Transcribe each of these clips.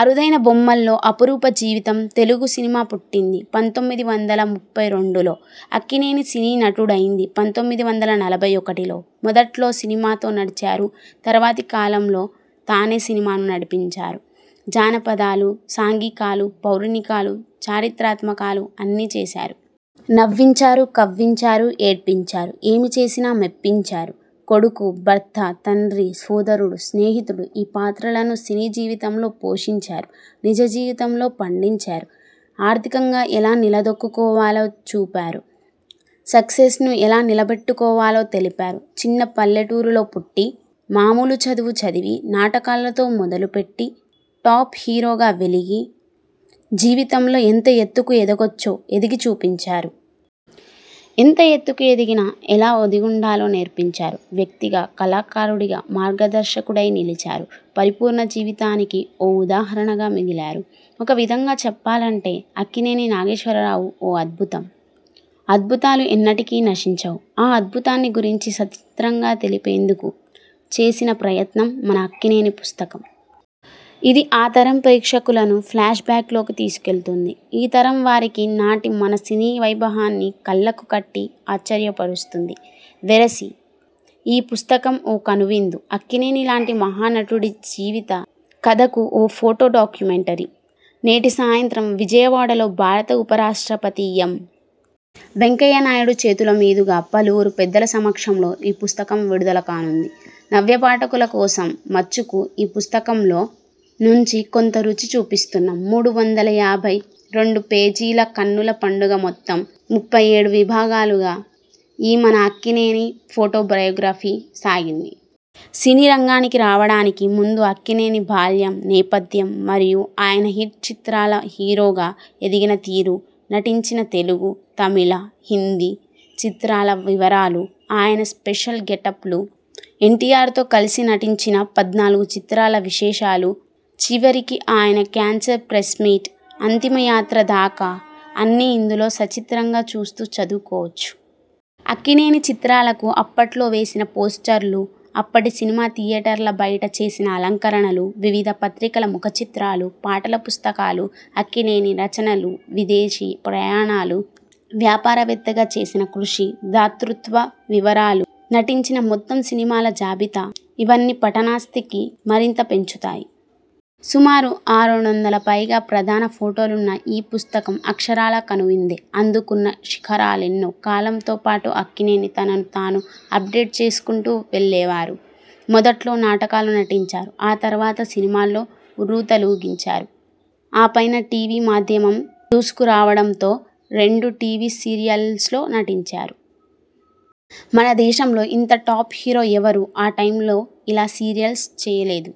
అరుదైన బొమ్మల్లో అపురూప జీవితం తెలుగు సినిమా పుట్టింది పంతొమ్మిది వందల ముప్పై రెండులో! అక్కినేని సినీ నటు డైంది పంతొమ్మిది వందల నలభై ఒకటిలో! మొదట్లో సినిమాతో నడిచారు! తర్వాతి కాలంలో తానే సినిమాను నడిపించారు! జాన పదాలు సాంఘికాలు పౌరాణికాలు చరిత్రాత్మకాలు అన్నీ చేశారు! నవ్వించారు కవ్వించారు ఏడ్పించారు ఏమి చేసినా మెప్పించారు! కొడుకు ,భర్త, తండ్రి ,సోదరుడు, స్నేహితుడు ఈ పాత్రలను సినీ జీవితంలో పోషించారు నిజ జీవితంలో పండించారు! ఆర్థికంగా ఎలా నిలదొక్కుకోవాలో చూపారు! సక్సెస్ను ఎలా నిల బెట్టుకోవాలో తెలిపారు! చిన్న పల్లెటూరులో పుట్టి మామూలు చదువు చదివి నాటకాలతో మొదలు పెట్టి టాప్ హీరోగా వెలిగి జీవితంలో ఎంత ఎత్తుకు ఎదగొచ్చో ఎదిగి చూపించారు! ఎంత ఎత్తుకు ఎదిగినా ఎలా ఒది గుండాలో నేర్పించారు! వ్యక్తిగా కళాకారుడిగా మార్గదర్శకుడై నిలిచారు! పరిపూర్ణ జీవితానికి ఓ ఉదాహరణగా మిగిలారు! ఒక విధంగా చెప్పాలంటే అక్కినేని నాగేశ్వరరావు ఓ అద్భుతం! అద్భుతాలు ఎన్నటికీ నశించవు! ఆ అద్భుతాన్ని గురించి సచిత్రంగా తెలిపేందుకు చేసిన ప్రయత్నం మన అక్కినేని పుస్తకం! ఇది ఆ తరం ప్రేక్షకులను ఫ్లాష్ బ్యాక్ లోకి తీసుకుకెళుతుంది. ఈ తరం వారికి నాటి మన సినీ వైభవాన్ని కళ్ళకు కట్టి, ఆశ్చర్యపరుస్తుంది. వెరసి ఈ పుస్తకం ఓ కనువిందు అక్కినేని లాంటి మహానటుడి జీవిత కథకు ఓ ఫోటో డాక్యుమెంటరీ. నేటి సాయంత్రం విజయవాడలో భారత ఉపరాష్ట్రపతి ఎం. వెంకయ్యనాయుడు చేతుల మీదుగా పలువురు పెద్దల సమక్షంలో ఈ పుస్తకం విడుదల కానుంది. నవ్య పాఠకుల కోసం మచ్చుకు ఈ పుస్తకంలో నుంచి కొంత రుచి చూపిస్తున్నాం. మూడు వందల యాభై రెండు పేజీల కన్నుల పండుగ మొత్తం ముప్పై ఏడు విభాగాలుగా ఈ మన అక్కినేని ఫోటో బయోగ్రఫీ సాగింది. సినీ రంగానికి రావడానికి ముందు అక్కినేని బాల్యం, నేపథ్యం మరియు ఆయన హిట్ చిత్రాల హీరోగా ఎదిగిన తీరు, నటించిన తెలుగు, తమిళ, హిందీ చిత్రాల వివరాలు, ఆయన స్పెషల్ గెట్పలు, ఎన్టీయార్తో కలసి నటించిన పద్నాలుగు చిత్రాల విశేషాలు, చివరికి ఆయన క్యాన్సర్ ప్రెస్ మీట్, అంతిమ యాత్ర దాకా అన్నీ ఇందులో సచిత్రంగా చూస్తూ, చదువుకోవచ్చు. అక్కినేని చిత్రాలకు అప్పట్లో వేసిన పోస్టర్లు, అప్పటి సినిమా థియేటర్ల బయట చేసిన అలంకరణలు, వివిధ పత్రికల ముఖ చిత్రాలు, పాటల పుస్తకాలు, అక్కినేని రచనలు, విదేశీ ప్రయాణాలు, వ్యాపార వేత్తగా చేసిన కృషి, దాతృత్వ వివరాలు, నటించిన మొత్తం సినిమాల జాబితా ఇవన్నీ పఠనాసక్తిని మరింత పెంచుతాయి. సుమారు ఆరేడొందల పైగా ప్రధాన ఫోటోలున్న ఈ పుస్తకం అక్షరాలా కనువిందే! అందుకున్న శిఖరాలెన్నో! కాలంతో పాటు అక్కినేని తనను తాను అప్ డేట్ చేసుకుంటూ వెళ్ళేవారు. మొదట్లో నాటకాలు నటించారు. ఆ తర్వాత సినిమాల్లో ఉర్రూతలూగించారు. ఆ పైన టీవీ మాధ్యమం దూసుకురావడంతో రెండు టీవీ సీరియల్స్లో నటించారు. మన దేశంలో ఇంత టాప్ హీరో ఎవరూ ఆ టైమ్లో ఇలా సీరియల్స్ చేయలేదు.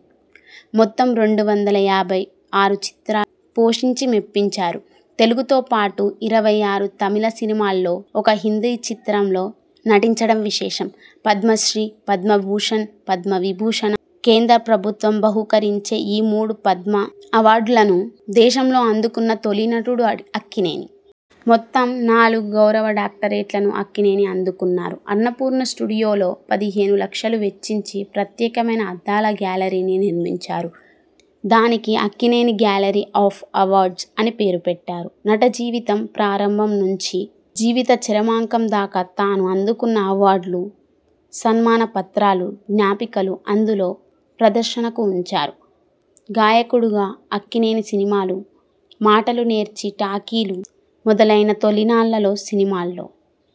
మొత్తం రెండు వందల యాభై ఆరు చిత్రాల్లో పోషించి, మెప్పించారు. తెలుగుతో పాటు ఇరవై ఆరు తమిళ సినిమాల్లో, ఒక హిందీ చిత్రం లో నటించడం విశేషం. పద్మశ్రీ, పద్మభూషణ్, పద్మ విభూషణ కేంద్ర ప్రభుత్వం బహూకరించే ఈ మూడు 'పద్మ' అవార్డులనూ దేశంలో అందుకున్న తొలి నటుడు అక్కినేని. మొత్తం నాలుగు గౌరవ డాక్టరేట్లను అక్కినేని అందుకున్నారు. అన్నపూర్ణ స్టూడియోలో పదిహేను లక్షలు వెచ్చించి, ప్రత్యేకమైన అద్దాల గ్యాలరీని నిర్మించారు. దానికి అక్కినేని గ్యాలరీ ఆఫ్ అవార్డ్స్ అని పేరు పెట్టారు. నట జీవితం ప్రారంభం నుంచి జీవిత చరమాంకం దాకా తాను అందుకున్న అవార్డులు, సన్మాన పత్రాలు, జ్ఞాపికలు అందులో ప్రదర్శనకు ఉంచారు. గాయకుడుగా అక్కినేనిసినిమాలు మాటలు నేర్చి, టాకీలు మొదలైన తొలినాళ్ళలో సినిమాల్లో